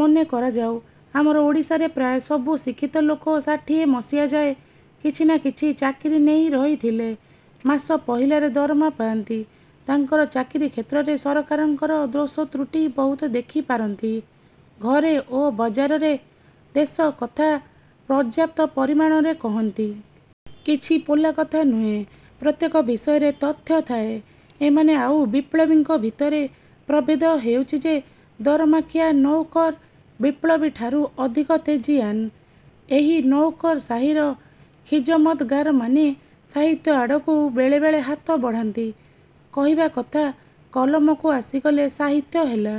ମନେ କରାଯାଉ ଆମର ଓଡ଼ିଶାରେ ପ୍ରାୟ ସବୁ ଶିକ୍ଷିତ ଲୋକ ଷାଠିଏ ମସିହାଯାଏ କିଛି ନା କିଛି ଚାକିରି ନେଇ ରହିଥିଲେ। ମାସ ପହିଲାରେ ଦରମା ପାଆନ୍ତି। ତାଙ୍କର ଚାକିରି କ୍ଷେତ୍ରରେ ସରକାରଙ୍କର ଦୋଷ ତୃଟି ବହୁତ ଦେଖି ପାରନ୍ତି। ଘରେ ଓ ବଜାରରେ ଦେଶକଥା ପର୍ଯ୍ୟାପ୍ତ ପରିମାଣରେ କହନ୍ତି। କିଛି ପୋଲା କଥା ନୁହେଁ। ପ୍ରତ୍ୟେକ ବିଷୟରେ ତଥ୍ୟ ଥାଏ। ଏମାନେ ଆଉ ବିପ୍ଳବୀଙ୍କ ଭିତରେ ପ୍ରଭେଦ ହେଉଛି ଯେ ଦରମାଖିଆ ନୌକର ବିପ୍ଳବୀଠାରୁ ଅଧିକ ତେଜିୟାନ୍। ଏହି ନୌକରସାହୀର ଖିଜମଦଗାରମାନେ ସାହିତ୍ୟ ଆଡ଼କୁ ବେଳେବେଳେ ହାତ ବଢ଼ାନ୍ତି। କହିବା କଥା କଲମକୁ ଆସିଗଲେ ସାହିତ୍ୟ ହେଲା।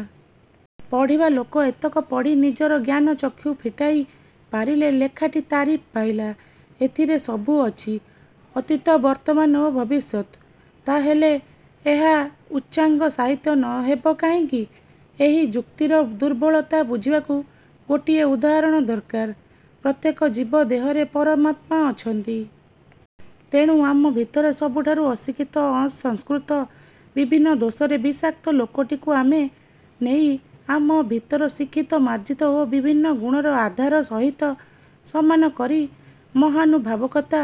ପଢ଼ିବା ଲୋକ ଏତକ ପଢ଼ି ନିଜର ଜ୍ଞାନଚକ୍ଷୁ ଫିଟାଇ ପାରିଲେ ଲେଖାଟି ତାରିଫ୍ ପାଇଲା। ଏଥିରେ ସବୁ ଅଛି। ଅତୀତ, ବର୍ତ୍ତମାନ୍ ଓ ଭବିଷ୍ୟତ୍। ତାହାହେଲେ ଏହା ଉଚ୍ଚାଙ୍ଗ ସାହିତ୍ୟ ନ ହେବ କାହିଁକି? ଏହି ଯୁକ୍ତିର ଦୁର୍ବଳତା ବୁଝିବାକୁ ଗୋଟିଏ ଉଦାହରଣ ଦରକାର। ପ୍ରତ୍ୟେକ ଜୀବ ଦେହରେ ପରମାତ୍ମା ଅଛନ୍ତି। ତେଣୁ ଆମ ଭିତରେ ସବୁଠାରୁ ଅଶିକ୍ଷିତ, ଅସଂସ୍କୃତ, ବିଭିନ୍ନ ଦୋଷରେ ବିଷାକ୍ତ ଲୋକଟିକୁ ଆମେ ନେଇ ଆମ ଭିତର ଶିକ୍ଷିତ, ମାର୍ଜିତ ଓ ବିଭିନ୍ନ ଗୁଣର ଆଧାର ସହିତ ସମାନ କରି ମହାନୁଭାବକତା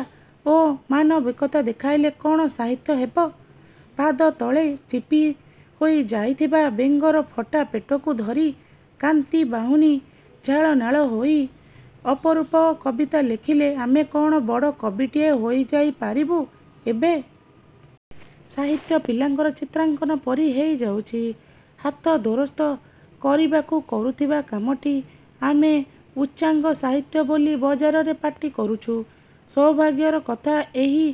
ଓ ମାନବତା ଦେଖାଇଲେ କ'ଣ ସାହିତ୍ୟ ହେବ? ପାଦତଳେ ଚିପି ହୋଇ ଯାଇଥିବା ବେଙ୍ଗର ଫଟା ପେଟକୁ ଧରି କାନ୍ତି ବାହୁନି ଝାଳନାଳ ହୋଇ ଅପରୂପ କବିତା ଲେଖିଲେ ଆମେ କ'ଣ ବଡ଼ କବିଟିଏ ହେଇଯାଇ ପାରିବୁ? ଏବେ ସାହିତ୍ୟ ପିଲାଙ୍କର ଚିତ୍ରାଙ୍କନ ପରି ହେଇଯାଉଛି। ହାତ ଦୋରସ୍ତ କରିବାକୁ କରୁଥିବା କାମକୁ ଆମେ ଉଚ୍ଚାଙ୍ଗ ସାହିତ୍ୟ ବୋଲି ବଜାରରେ ପାଟି କରୁଛୁ। ସୌଭାଗ୍ୟର କଥା ଏହି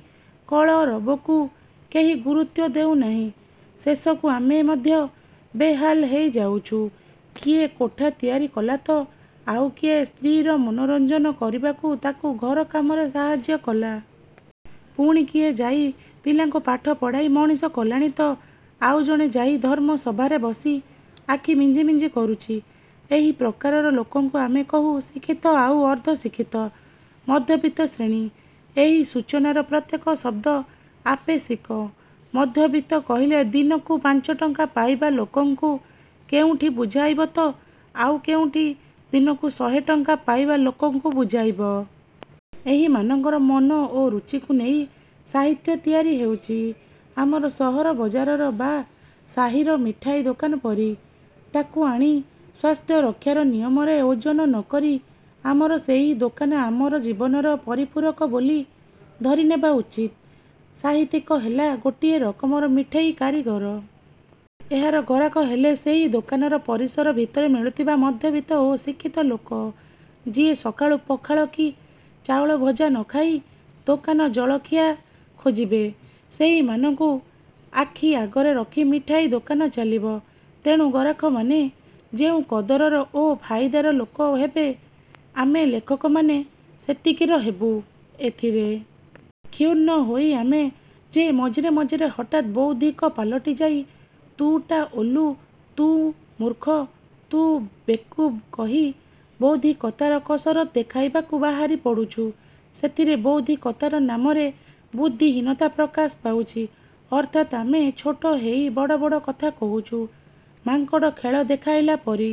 କଳରବକୁ କେହି ଗୁରୁତ୍ୱ ଦେଉ ନାହିଁ। ଶେଷକୁ ଆମେ ମଧ୍ୟ ବେହାଲ ହେଇ ଯାଉଛୁ। କିଏ କୋଠା ତିଆରି କଲା ତ ଆଉ କିଏ ସ୍ତ୍ରୀର ମନୋରଞ୍ଜନ କରିବାକୁ ତାକୁ ଘର କାମରେ ସାହାଯ୍ୟ କଲା। ପୁଣି କିଏ ଯାଇ ପିଲାଙ୍କୁ ପାଠପଢ଼ାଇ ମଣିଷ କଲାଣି ତ ଆଉ ଜଣେ ଯାଇ ଧର୍ମସଭାରେ ବସି ଆଖି ମିଞ୍ଜି ମିଞ୍ଜି କରୁଛି। ଏହି ପ୍ରକାରର ଲୋକଙ୍କୁ ଆମେ କହୁ ଶିକ୍ଷିତ ଆଉ ଅର୍ଦ୍ଧଶିକ୍ଷିତ ମଧ୍ୟବିତ୍ତ ଶ୍ରେଣୀ। ଏହି ସୂଚନାର ପ୍ରତ୍ୟେକ ଶବ୍ଦ ଆପେଷିକ। ମଧ୍ୟବିତ୍ତ କହିଲେ ଦିନକୁ ପାଞ୍ଚଟଙ୍କା ପାଇବା ଲୋକଙ୍କୁ କେଉଁଠି ବୁଝାଇବ ତ ଆଉ କେଉଁଠି ଦିନକୁ ଶହେଟଙ୍କା ପାଇବା ଲୋକକୁ ବୁଝାଇବ। ଏହିମାନଙ୍କର ମନ ଓ ରୁଚିକୁ ନେଇ ସାହିତ୍ୟ ତିଆରି ହେଉଛି। ଆମର ସହର ବଜାରର ବା ସାହୀର ମିଠାଇ ଦୋକାନ ପରି। ତା'କୁ ଆଣି ସ୍ୱାସ୍ଥ୍ୟରକ୍ଷାର ନିୟମରେ ଓଜନ ନ କରି ଆମର ସେହି ଦୋକାନ ଆମର ଜୀବନର ପରିପୂରକ ବୋଲି ଧରିନେବା ଉଚିତ୍। ସାହିତ୍ୟିକ ହେଲା ଗୋଟାଏ ରକମର ମିଠେଇ କାରିଗର। ଏହାର ଗରାଖ ହେଲେ ସେହି ଦୋକାନର ପରିସର ଭିତରେ ମିଳୁଥିବା ମଧ୍ୟବିତ୍ତ ଓ ଶିକ୍ଷିତ ଲୋକ। ଯିଏ ସକାଳୁ ପଖାଳ କି ଚାଉଳଭଜା ନ ଖାଇ ଦୋକାନଜଳଖିଆଖୋଜିବେସେହିମାନଙ୍କୁ ଆଖି ଆଗରେ ରଖି ମିଠାଇ ଦୋକାନ ଚାଲିବ। ତେଣୁ ଗରାଖମାନେ ଯେଉଁ କଦରର ଓ ଫାଇଦାର ଲୋକ ହେବେ ଆମେ ଲେଖକମାନେ ସେତିକିର ହେବୁ। ଏଥିରେ କ୍ଷୁଣ୍ଣ ହୋଇ ଆମେ ଯେ ମଝିରେ ମଝିରେ ହଠାତ୍ ବୌଦ୍ଧିକ ପାଲଟି ଯାଇ ତୁ ଟା ଓଲୁ, ତୁ ମୁର୍ଖ, ତୁ ବେକୁବ୍ କହି ବୌଦ୍ଧିକତାର କସରତ ଦେଖାଇବାକୁ ବାହାରି ପଡ଼ୁଛୁ ସେଥିରେ ବୌଦ୍ଧିକତା ନାମରେ ବୁଦ୍ଧିହୀନତା ପ୍ରକାଶ ପାଉଛି। ଅର୍ଥାତ୍ ଆମେ ଛୋଟ ହେଇ ବଡ଼ ବଡ଼ କଥା କହୁଛୁ। ମାଙ୍କଡ଼ ଖେଳ ଦେଖାଇଲା ପରି।